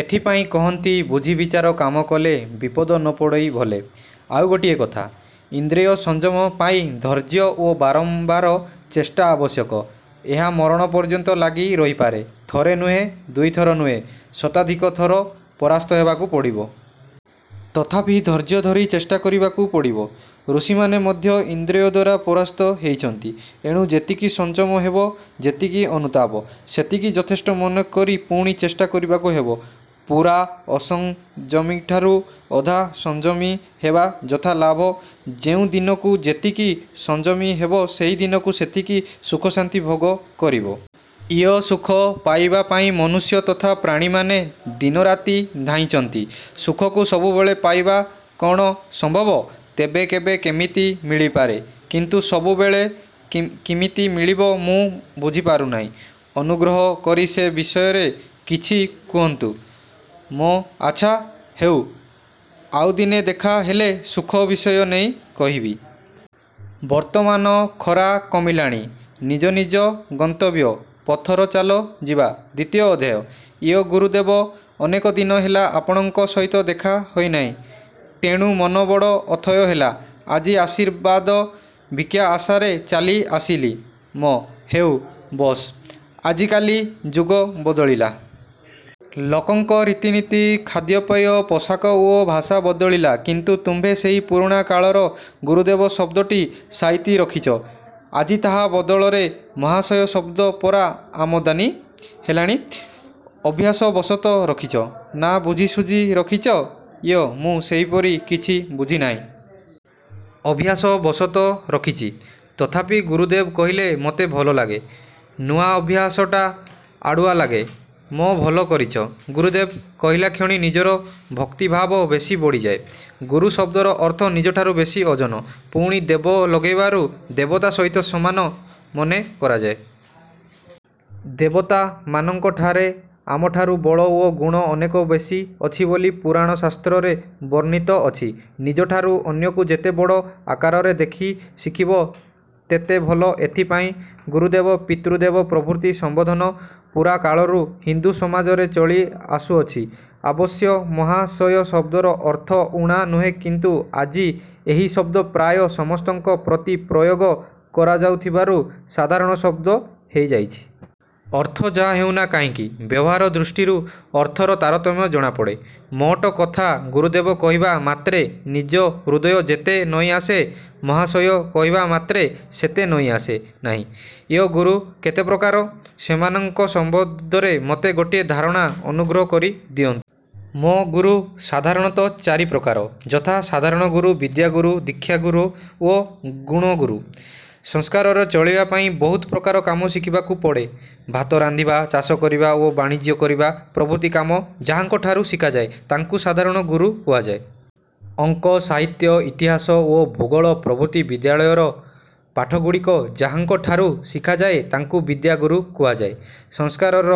ଏଥିପାଇଁ କହନ୍ତି- ବୁଝି ବିଚାରି କାମ କଲେ ବିପଦ ନ ପଡ଼ଇ ଭଲେ। ଆଉ ଗୋଟିଏ କଥା, ଇନ୍ଦ୍ରିୟ-ସଂଯମ ପାଇଁ ଧୈର୍ଯ୍ୟ ଓ ବାରମ୍ବାର ଚେଷ୍ଟା ଆବଶ୍ୟକ। ଏହା ମରଣ ପର୍ଯ୍ୟନ୍ତ ଲାଗି ରହିପାରେ। ଥରେ ନୁହେଁ, ଦୁଇ ଥର ନୁହେଁ; ଶତାଧିକ ଥର ପରାସ୍ତ ହେବାକୁ ପଡ଼ିବ। ତଥାପି ଧୈର୍ଯ୍ୟ ଧରି ଚେଷ୍ଟା କରିବାକୁ ପଡ଼ିବ। ଋଷିମାନେ ମଧ୍ୟ ଇନ୍ଦ୍ରିୟଦ୍ଵାରା ପରାସ୍ତ ହୋଇଛନ୍ତି। ଏଣୁ ଯେତିକି ସଂଯମ ହେବ, ଯେତିକି ଅନୁତାପ; ସେତିକି ଯଥେଷ୍ଟ ମନେ କରି ପୁଣି ଚେଷ୍ଟା କରିବାକୁ ହେବ। ପୂରା ଅସଂଯମୀଠାରୁ ଅଧା ସଂଯମୀ ହେବା ଯଥାଲାଭ। ଯେଉଁ ଦିନ ଯେତିକି ସଂଯମୀ ହେବ ସେହି ଦିନ ସେତିକି ସୁଖଶାନ୍ତି ଭୋଗ କରିବ। ୟ-ସୁଖ ପାଇବା ପାଇଁ ମନୁଷ୍ୟ ତଥା ପ୍ରାଣୀମାନେ ଦିନରାତି ଧାଇଁଛନ୍ତି। ସୁଖକୁ ସବୁବେଳେ ପାଇବା କଅଣ ସମ୍ଭବ? ତେବେ କେବେ କେମିତି ମିଳିପାରେ, କିନ୍ତୁ ସବୁବେଳେ କିମିତି ମିଳିବ ମୁଁ ବୁଝିପାରୁନାହିଁ। ଅନୁଗ୍ରହ କରି ସେ ବିଷୟରେ କିଛି କହନ୍ତୁ। ମ-ଆଚ୍ଛା ହେଉ, ଆଉ ଦିନେ ଦେଖା ହେଲେ ସୁଖ ବିଷୟ ନେଇ କହିବି। ବର୍ତ୍ତମାନ ଖରା କମିଲାଣି, ନିଜ ନିଜ ଗନ୍ତବ୍ୟ ପଥର ଚାଲ ଯିବା। ଦ୍ଵିତୀୟ ଅଧ୍ୟାୟ ୟ-ଗୁରୁଦେବ, ଅନେକ ଦିନ ହେଲା ଆପଣଙ୍କ ସହିତ ଦେଖା ହୋଇନାହିଁ। ତେଣୁ ମନ ବଡ଼ ଅଥୟ ହେଲା। ଆଜି ଆଶୀର୍ବାଦ ଭିକ୍ଷା ଆଶାରେ ଚାଲି ଆସିଲି। ମ-ହେଉ, ବସ। ଆଜିକାଲି ଯୁଗ ବଦଳିଲା। ଲୋକଙ୍କ ରୀତିନୀତି, ଖାଦ୍ୟପେୟ, ପୋଷାକ ଓ ଭାଷା ବଦଳିଲା କିନ୍ତୁ ତୁମ୍ଭେ ସେହି ପୁରୁଣା କାଳର 'ଗୁରୁଦେବ' ଶବ୍ଦଟି ସାଇତି ରଖିଛ-। ଆଜି ତାହା ବଦଳରେ 'ମହାଶୟ' ଶବ୍ଦ ପରା ଆମଦାନୀ ହେଲାଣି। ଅଭ୍ୟାସ ବଶତଃ ରଖିଛ, ନାଁ ବୁଝି ଶୁଝି ରଖିଛ? ୟ-ମୁଁ ସେପରି କିଛି ବୁଝିନାହିଁ। ଅଭ୍ୟାସ ବଶତଃ ରଖିଛି। ତଥାପି ଗୁରୁଦେବ କହିଲେ ମୋତେ ଭଲ ଲାଗେ। ନୂଆ ଅଭ୍ୟାସଟା ଅଡ଼ୁଆ ଲାଗେ। ମ-ଭଲ କରିଛ। ଗୁରୁଦେବ କହିଲାକ୍ଷଣି ନିଜର ଭକ୍ତିଭାବ ବେଶୀ ବଢ଼ିଯାଏ। ଗୁରୁ ଶବ୍ଦର ଅର୍ଥ ନିଜଠାରୁ ବେଶୀ ଓଜନ। ପୁଣି ଦେବ ଲଗାଇବାରୁ ଦେବତା ସହିତ ସମାନ ମନେ କରାଯାଏ। ଦେବତା-ମାନଙ୍କଠାରେ ଆମଠାରୁ ବଳ ଓ ଗୁଣ ଅନେକ ବେଶୀ ଅଛି ବୋଲି ପୁରାଣ ଶାସ୍ତ୍ରରେ ବର୍ଣ୍ଣିତ ଅଛି। ନିଜଠାରୁ ଅନ୍ୟକୁ ଯେତେ ବଡ଼ ଆକାରରେ ଦେଖି ଶିଖିବ ତେତେ ଭଲ ଏଥିପାଇଁ ଗୁରୁଦେବ, ପିତୃଦେବ ପ୍ରଭୃତି ସମ୍ବୋଧନ ପୁରାକାଳରୁ ହିନ୍ଦୁ ସମାଜରେ ଚଳି ଆସୁଅଛି। ଅବଶ୍ୟ ମହାଶୟ ଶବ୍ଦର ଅର୍ଥ ଊଣା ନୁହେଁ କିନ୍ତୁ ଆଜି ଏହି ଶବ୍ଦ ପ୍ରାୟ ସମସ୍ତଙ୍କ ପ୍ରତି ପ୍ରୟୋଗ କରାଯାଉ ଥିବାରୁ ସାଧାରଣ ଶବ୍ଦ ହୋଇଯାଇଛି। ଅର୍ଥ ଯାହା ହେଉନା କାହିଁକି, ବ୍ୟବହାର ଦୃଷ୍ଟିରୁ ଅର୍ଥର ତାରତମ୍ୟ ଜଣାପଡ଼େ। ମୋଟ କଥା ଗୁରୁଦେବ କହିବା ମାତ୍ରେ ନିଜ ହୃଦୟ ଯେତେ ନଇଁଆସେ; ମହାଶୟ କହିବାମାତ୍ରେ। ସେତେ ନଇଁଆସେ ନାହିଁ। ୟ-ଗୁରୁ କେତେ ପ୍ରକାର? ସେମାନଙ୍କ ସମ୍ବନ୍ଧରେ ମୋତେ ଗୋଟିଏ ଧାରଣା ଅନୁଗ୍ରହ କରି ଦିଅନ୍ତୁ। ମ-ଗୁରୁ ସାଧାରଣତଃ ଚାରି ପ୍ରକାର ଯଥା-ସାଧାରଣ ଗୁରୁ, ବିଦ୍ୟାଗୁରୁ, ଦୀକ୍ଷାଗୁରୁ ଓ ଗୁଣ ଗୁରୁ। ସଂସାରରେ ଚଳିବା ପାଇଁ ବହୁତ ପ୍ରକାର କାମ ଶିଖିବାକୁ ପଡ଼େ। ଭାତ ରାନ୍ଧିବା, ଚାଷ କରିବା ଓ ବାଣିଜ୍ୟ କରିବା ପ୍ରଭୃତି କାମ ଯାହାଙ୍କ ଠାରୁ ଶିଖାଯାଏ ତାଙ୍କୁ ସାଧାରଣ ଗୁରୁ କୁହାଯାଏ। ଅଙ୍କ, ସାହିତ୍ୟ, ଇତିହାସ ଓ ଭୂଗୋଳ ପ୍ରଭୃତି ବିଦ୍ୟାଳୟର ପାଠଗୁଡ଼ିକ ଯାହାଙ୍କ ଠାରୁ ଶିଖାଯାଏ ତାଙ୍କୁ ବିଦ୍ୟାଗୁରୁ କୁହାଯାଏ। ସଂସାରର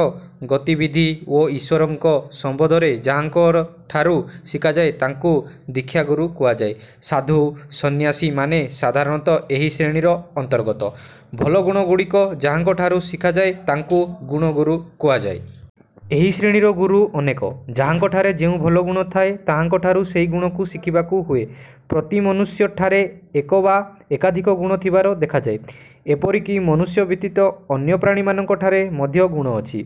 ଗତିବିଧି ଓ ଈଶ୍ଵରଙ୍କ ସମ୍ବନ୍ଧରେ ଯାହାଙ୍କ ଠାରୁ ଶିଖାଯାଏ ତାଙ୍କୁ ଦୀକ୍ଷାଗୁରୁ କୁହାଯାଏ। ସାଧୁ ସନ୍ନ୍ୟାସୀମାନେ ସାଧାରଣତଃ ଏହି ଶ୍ରେଣୀର ଅନ୍ତର୍ଗତ। ଭଲ ଗୁଣଗୁଡ଼ିକ ଯାହାଙ୍କଠାରୁ ଶିଖାଯାଏ ତାଙ୍କୁ ଗୁଣଗୁରୁ କୁହାଯାଏ। ଏହି ଶ୍ରେଣୀର ଗୁରୁ ଅନେକ। ଯାହାଙ୍କଠାରେ ଯେଉଁ ଭଲ ଗୁଣ ଥାଏ ତାଙ୍କଠାରୁ ସେହି ଗୁଣକୁ ଶିଖିବାକୁ ହୁଏ। ପ୍ରତି ମନୁଷ୍ୟ ଠାରେ ଏକ ବା ଏକାଧିକ ଗୁଣ ଥିବାର ଦେଖାଯାଏ। ଏପରିକି ମନୁଷ୍ୟ ବ୍ୟତୀତ ଅନ୍ୟ ପ୍ରାଣୀମାନଙ୍କ ଠାରେ ମଧ୍ୟ ଗୁଣ ଅଛି।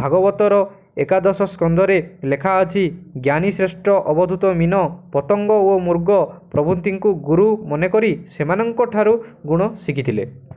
ଭାଗବତର ଏକାଦଶସ୍କନ୍ଧରେ ଲେଖାଅଛି, ଜ୍ଞାନୀ ଶ୍ରେଷ୍ଠ ଅବଧୂତ ମୀନ, ପତଙ୍ଗ ଓ ମୃଗ ପ୍ରଭୃତିଙ୍କୁ ଗୁରୁ ମନେକରି ସେମାନଙ୍କଠାରୁ ଗୁଣ ଶିଖିଥିଲେ-।